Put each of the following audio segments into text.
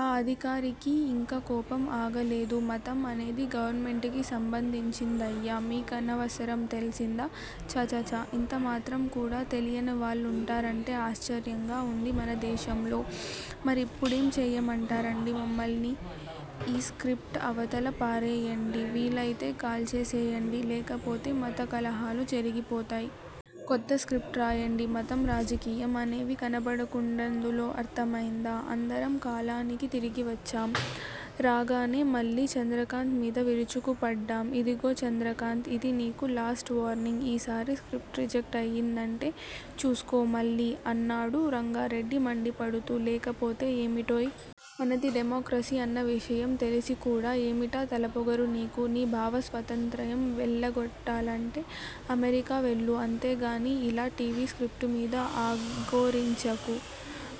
ఆ అధికారికి ఇంక కోపం ఆగలేదు. మతం అనేది గవర్నమెంట్ కి సంబంధించిందయ్యా! మీకనవసరం తెల్సిందా? ఛఛఛ! ఇంతమాత్రం కూడా తెలీనివాళ్ళున్నారంటే ఆశ్చర్యంగా ఉంది మన దేశంలో మరిప్పుడేం చేయమంటారండీ మమ్మల్ని? ఈ స్క్రిప్ట్ అవతల పారెయ్యండి! వీలయితే కాల్చేసేయండి. లేకపోతే మత కలహాలు జరిగిపోతాయ్! కొత్త స్క్రిప్ట్ రాయండి! మతం, రాజకీయం అనేవి కనబడకూడదందులో! అర్థమయిందా? అందరం కాలనీకి తిరిగి వచ్చాం! రాగానే మళ్ళీ చంద్రకాంత్ మీద విరుచుకుపడ్డాం. 'ఇదిగో చంద్రకాంత్! ఇది నీకు లాస్ట్ వార్నింగ్! ఈసారి స్క్రిప్ట్ రిజెక్ట్ అయ్యిందంటే చూస్కో మళ్ళీ- అన్నాడు రంగారెడ్డి మండిపడుతూ. లేకపోతే ఏమిటోయ్? మనది డెమొక్రసీ అన్న విషయం తెలిసి కూడా ఏమిటా తలపొగరు నీకు? నీ భావస్వాతంత్ర్యం వెళ్ళగక్కాలంటే అమెరికా వెళ్ళు! అంతేగానీ ఇలా టీవీ స్క్రిప్ట్ మీద అఘోరించకు!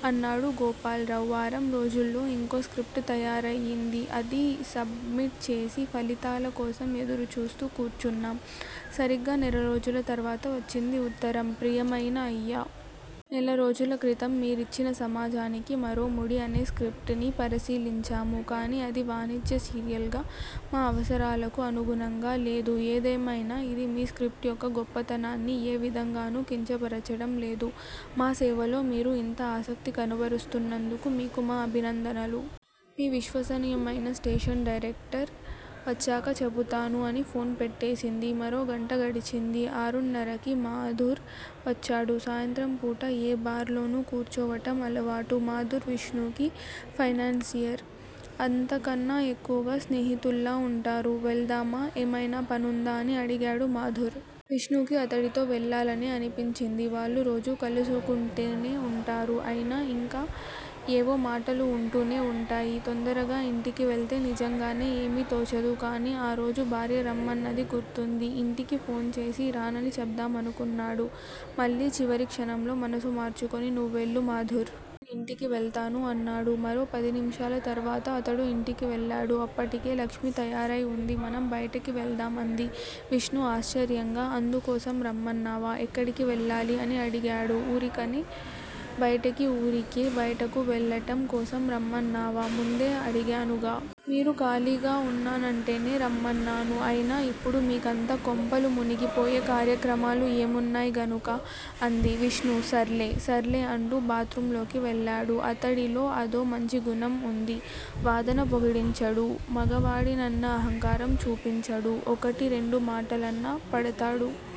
అన్నాడు గోపాల్రావ్. వారం రోజుల్లో ఇంకో స్క్రిప్ట్ తయారయింది. అది సబ్మిట్ చేసి ఫలితాల కోసం ఎదురుచూస్తూ కూర్చున్నాం- సరిగ్గా నెలరోజుల తర్వాత వచ్చింది ఉత్తరం- ప్రియమయిన అయ్యా! నెలరోజుల క్రితం మీరిచ్చిన సమాజానికి మరోముడి అనే స్క్రిప్ట్ ని పరిశీలించాము. కానీ అది వాణిజ్య సీరియల్ గా మా అవసరాలకు అనుగుణంగా లేదు. ఏదేమయినా ఇది మీ స్క్రిప్ట్ యొక్క గొప్పతనాన్ని ఏ విధంగానూ కించపరచటం లేదు. మా సేవలో మీరు ఇంత ఆసక్తి కనబరుస్తున్నందుకు మీకు మా అభినందనలు. మీ విశ్వాసనీయమయిన స్టేషన్ డైరెక్టర్। వచ్చాక చెపుతాను అని ఫోన్ పెట్టేసింది. మరోగంట గడిచింది. ఆరున్నరకి మాధుర్ వచ్చాడు. సాయంత్రంపూట ఏ బార్ లోనో కూర్చోవటం అలవాటు. మాధుర్ విష్ణుకి ఫైనాన్సియర్. అంతకన్నా ఎక్కువగా స్నేహితుల్లా వుంటారు. వెళ్దామా? ఏమయినా పనుందా? అని అడిగాడు మాధూర్. విష్ణుకి అతడితో వెళ్ళాలనే అనిపించింది. వాళ్ళు రోజూ కలుసుకుంటూనే వుంటారు. అయినా ఇంకా ఏవో మాటలు వుంటూనే వుంటాయి. తొందరగా ఇంటికివెళ్తే నిజంగానే ఏమీ తోచదు. కానీ ఆరోజు భార్య రమ్మన్నది గుర్తుంది. ఇంటికి ఫోన్ చేసి రానని చెప్దామనుకున్నాడు. మళ్ళీ చివరి క్షణంలో మనసు మార్చుకుని, నువ్వెళ్ళు మాధుర్. నేనింటికి వెళ్తాను అన్నాడు. మరో పదినిమిషాల తరువాత అతడు ఇంటికి వెళ్ళాడు. అప్పటికే లక్ష్మి తయారైవుంది. మనం బయటకి వెళ్దాం అంది. విష్ణు ఆశ్చర్యంగా. అందుకోసం రమ్మన్నావా? ఎక్కడికి వెళ్ళాలి? అని అడిగాడు. ఊరికనే బయటకి ఊరికే బయటకు వెళ్ళటం కోసం రమ్మన్నావా? ముందే అడిగానుగా. మీరు ఖాళీగా వున్నానంటేనే రమ్మన్నాను. అయినా ఇప్పుడు మీకంత కొంపలు మునిగిపోయే కార్యక్రమాలు ఏమున్నాయి గనుక? అంది. విష్ణు సర్లె. సర్లె అంటూ బాత్ రూమ్ లోకి వెళ్ళాడు. అతడిలో అదో మంచిగుణం వుంది. వాదన పొడిగించడు. మగవాడినన్న అహంకారం చూపించడు. ఒకటి రెండు మాటలన్నా పడతాడు.